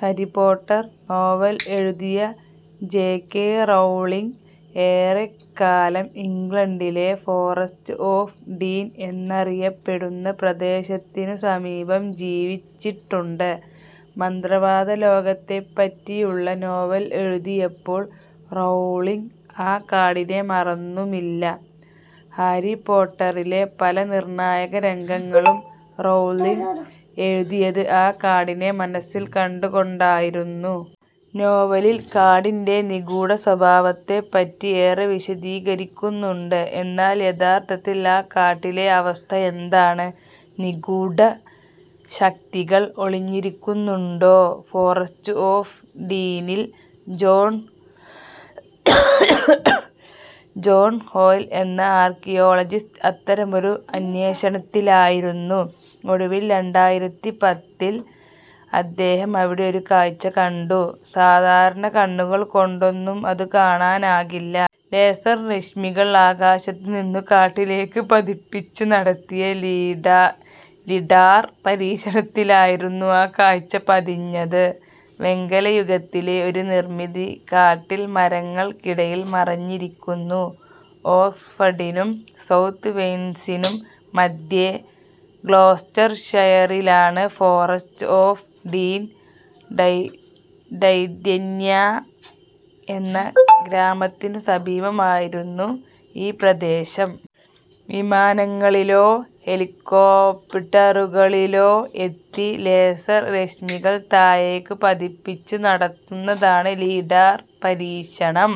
Harry Potter novel എഴുതിയ J. K Rowling ഏറെക്കാലം ഇംഗ്ലണ്ടിലെ ഫോറസ്റ്റ് ഓഫ് ഡീൻ എന്നറിയപ്പെടുന്ന പ്രദേശത്തിനു സമീപം ജീവിച്ചിട്ടുണ്ട്. മന്ത്രവാദ ലോകത്തെപ്പറ്റിയുള്ള നോവൽ എഴുതിയപ്പോൾ റൗളിങ് ആ കാടിനെ മറന്നുമില്ല. ഹാരിപോട്ടറിലെ പല നിർണായക രംഗങ്ങളും റൗളിങ് എഴുതിയത് ആ കാടിനെ മനസ്സിൽ കണ്ടുകൊണ്ടായിരുന്നു. നോവലിൽ കാടിന്‍റെ നിഗൂഢ സ്വഭാവത്തെപ്പറ്റി ഏറെ വിശദീകരിക്കുന്നുണ്ട്. എന്നാൽ യഥാർഥത്തിൽ ആ കാട്ടിലെ അവസ്ഥ എന്താണ്? നിഗൂഢ ശക്തികൾ ഒളിഞ്ഞിരിക്കുന്നുണ്ടോ ഫോറസ്റ്റ് ഓഫ് ഡീനിൽ? ജോൺ ജോൺ ഹോയ്ൽ എന്ന ആർക്കിയോളജിസ്റ്റ് അത്തരമൊരു അന്വേഷണത്തിലായിരുന്നു. ഒടുവിൽ രണ്ടായിരത്തി പത്തിൽ അദ്ദേഹം അവിടെ ഒരു കാഴ്ച കണ്ടു. സാധാരണ കണ്ണുകള്‍ കൊണ്ടൊന്നും അതു കാണാനാകില്ല. ലേസർ രശ്മികൾ ആകാശത്തു നിന്നു കാട്ടിലേക്കു പതിപ്പിച്ചു നടത്തിയ ലീഡ ലിഡാർ പരീക്ഷണത്തിലായിരുന്നു ആ കാഴ്ച പതിഞ്ഞത് വെങ്കലയുഗത്തിലെ ഒരു നിർമിതി, കാട്ടിൽ മരങ്ങൾക്കിടയിൽ മറഞ്ഞിരിക്കുന്നു! ഓക്സ്ഫഡിനും സൗത്ത് വെയിൽസിനും മധ്യേ ഗ്ലോസ്റ്റർഷയറിലാണ് ഫോറസ്റ്റ് ഓഫ് ഡീൻ. ഡൈ ഡൈത്യന്യാം എന്ന ഗ്രാമത്തിനു സമീപമായിരുന്നു ഈ പ്രദേശം. വിമാനങ്ങളിലോ ഹെലികോപ്ടറുകളിലോ എത്തി ലേസർ രശ്മികൾ താഴേക്കു പതിപ്പിച്ചു നടത്തുന്നതാണ് ലിഡാർ പരീക്ഷണം.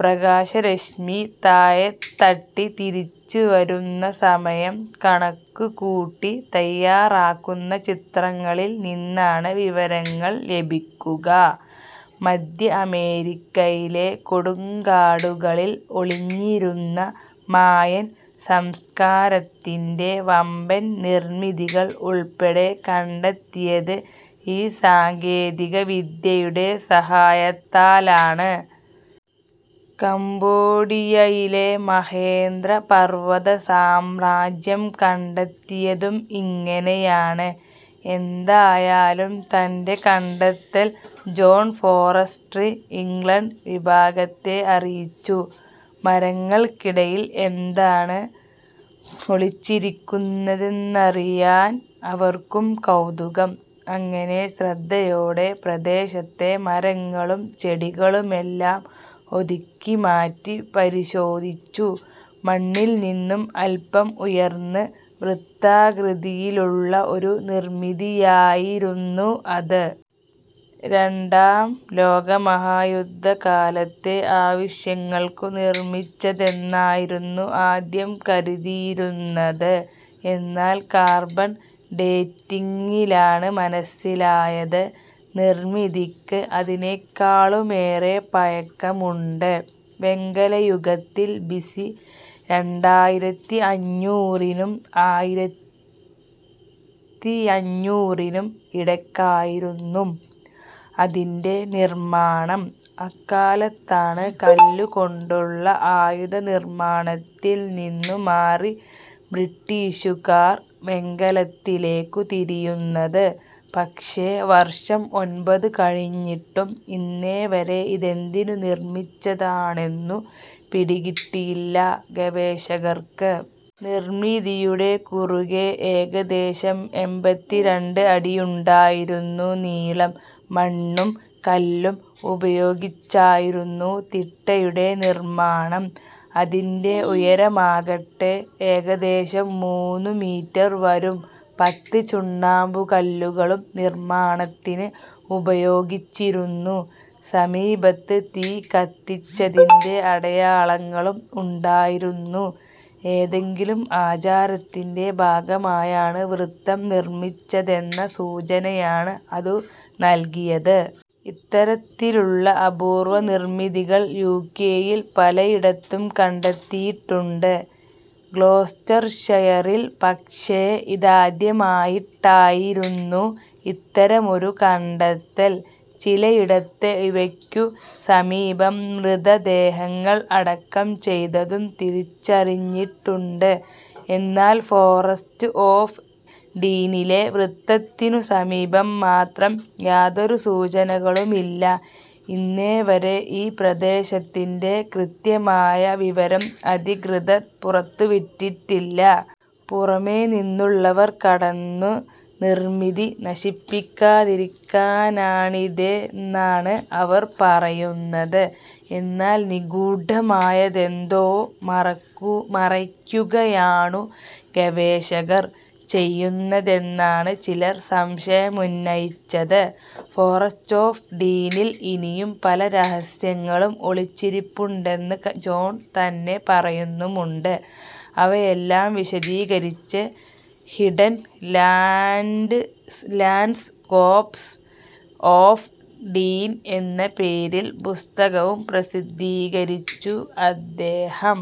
പ്രകാശരശ്മി താഴെത്തട്ടി തിരിച്ചു വരുന്ന സമയം കണക്കുകൂട്ടി തയാറാക്കുന്ന ചിത്രങ്ങളിൽ നിന്നാണ് വിവരങ്ങൾ ലഭിക്കുക. മധ്യ അമേരിക്കയിലെ കൊടുങ്കാടുകളിൽ ഒളിഞ്ഞിരുന്ന മായൻ സംസ്കാരത്തിന്റെ വമ്പൻ നിർമിതികൾ ഉൾപ്പെടെ കണ്ടെത്തിയത് ഈ സാങ്കേതിക വിദ്യയുടെ സഹായത്താലാണ്. കംബോഡിയയിലെ മഹേന്ദ്ര പർവത സാമ്രാജ്യം കണ്ടെത്തിയതും ഇങ്ങനെയാണ്. എന്തായാലും തന്റെ കണ്ടെത്തൽ ജോൺ ഫോറസ്ട്രി ഇംഗ്ലണ്ട് വിഭാഗത്തെ അറിയിച്ചു. മരങ്ങൾക്കിടയിൽ എന്താണ് ഒളിച്ചിരിക്കുന്നതെന്നറിയാൻ അവർക്കും കൗതുകം. അങ്ങനെ ശ്രദ്ധയോടെ പ്രദേശത്തെ മരങ്ങളും ചെടികളുമെല്ലാം ഒതുക്കിമാറ്റി പരിശോധിച്ചു. മണ്ണിൽ നിന്നും അൽപം ഉയർന്ന് വൃത്താകൃതിയിലുള്ള ഒരു നിർമിതിയായിരുന്നു അത്. രണ്ടാം ലോകമഹായുദ്ധകാലത്തെ ആവശ്യങ്ങൾക്കു നിർമിച്ചതെന്നായിരുന്നു ആദ്യം കരുതിയിരുന്നത്. എന്നാൽ കാർബൺ ഡേറ്റിങ്ങിലാണ് മനസ്സിലായത് – നിർമിതിക്ക് അതിനേക്കാളുമേറെ പഴക്കമുണ്ട്. വെങ്കലയുഗത്തിൽ, ബിസി രണ്ടായിരത്തിഅഞ്ഞൂറിനും ആയിറത്തിയഞ്ഞൂറിനും ഇടയ്ക്കായിരുന്നും അതിന്‍റെ നിർമാണം. അക്കാലത്താണ് കല്ലു കൊണ്ടുള്ള ആയുധ നിർമാണത്തിൽ നിന്നു മാറി ബ്രിട്ടിഷുകാർ വെങ്കലത്തിലേക്കു തിരിയുന്നത്. പക്ഷേ വർഷം ഒൻപതു കഴിഞ്ഞിട്ടും ഇന്നേവരെ ഇതെന്തിനു നിർമിച്ചതാണെന്നു പിടികിട്ടിയിട്ടില്ല ഗവേഷകര്‍ക്ക്. നിർമിതിയുടെ കുറുകെ ഏകദേശം എമ്പത്തി രണ്ട് അടിയുണ്ടായിരുന്നു നീളം. മണ്ണും കല്ലും ഉപയോഗിച്ചായിരുന്നു തിട്ടയുടെ നിർമാണം. അതിന്‍റെ ഉയരമാകട്ടെ ഏകദേശം മൂന്നു മീറ്റർ വരും. പത്ത് ചുണ്ണാമ്പുകല്ലുകളും നിർമാണത്തിന് ഉപയോഗിച്ചിരുന്നു. സമീപത്ത് തീ കത്തിച്ചതിന്‍റെ അടയാളങ്ങളും ഉണ്ടായിരുന്നു. ഏതെങ്കിലും ആചാരത്തിന്‍റെ ഭാഗമായാണ് വൃത്തം നിർമിച്ചതെന്ന സൂചനയാണ് അതു നല്കിയത്. ഇത്തരത്തിലുള്ള അപൂർവ നിർമിതികൾ യുകെയിൽ പലയിടത്തും കണ്ടെത്തിയിട്ടുണ്ട്. ഗ്ലോസ്റ്റർഷയറിൽ പക്ഷേ ഇതാദ്യമായിട്ടായിരുന്നു ഇത്തരമൊരു കണ്ടെത്തൽ. ചിലയിടത്ത് ഇവയ്ക്കു സമീപം മൃതദേഹങ്ങൾ അടക്കം ചെയ്തതും തിരിച്ചറിഞ്ഞിട്ടുണ്ട്. എന്നാൽ ഫോറസ്റ്റ് ഓഫ് ഡീനിലെ വൃത്തത്തിനു സമീപം മാത്രം യാതൊരു സൂചനകളുമില്ല. ഇന്നേവരെ ഈ പ്രദേശത്തിന്‍റെ കൃത്യമായ വിവരം അധികൃതർ പുറത്തുവിട്ടിട്ടില്ല. പുറമെ നിന്നുള്ളവർ കടന്നു നിർമിതി നശിപ്പിക്കാതിരിക്കാനാണിതെന്നാണ് അവർ പറയുന്നത്. എന്നാൽ നിഗൂഢമായതെന്തോ മറക്കു മറയ്ക്കുകയാണു ഗവേഷകർ ചെയ്യുന്നതെന്നാണ് ചിലർ സംശയമുന്നയിച്ചത്. ഫോറസ്റ്റ് ഓഫ് ഡീനിൽ ഇനിയും പല രഹസ്യങ്ങളും ഒളിച്ചിരിപ്പുണ്ടെന്ന് ജോൺ തന്നെ പറയുന്നുമുണ്ട്. അവയെല്ലാം വിശദീകരിച്ച് ' hidden land landscapes of Dean ' എന്ന പേരിൽ പുസ്തകവും പ്രസിദ്ധീകരിച്ചു അദ്ദേഹം.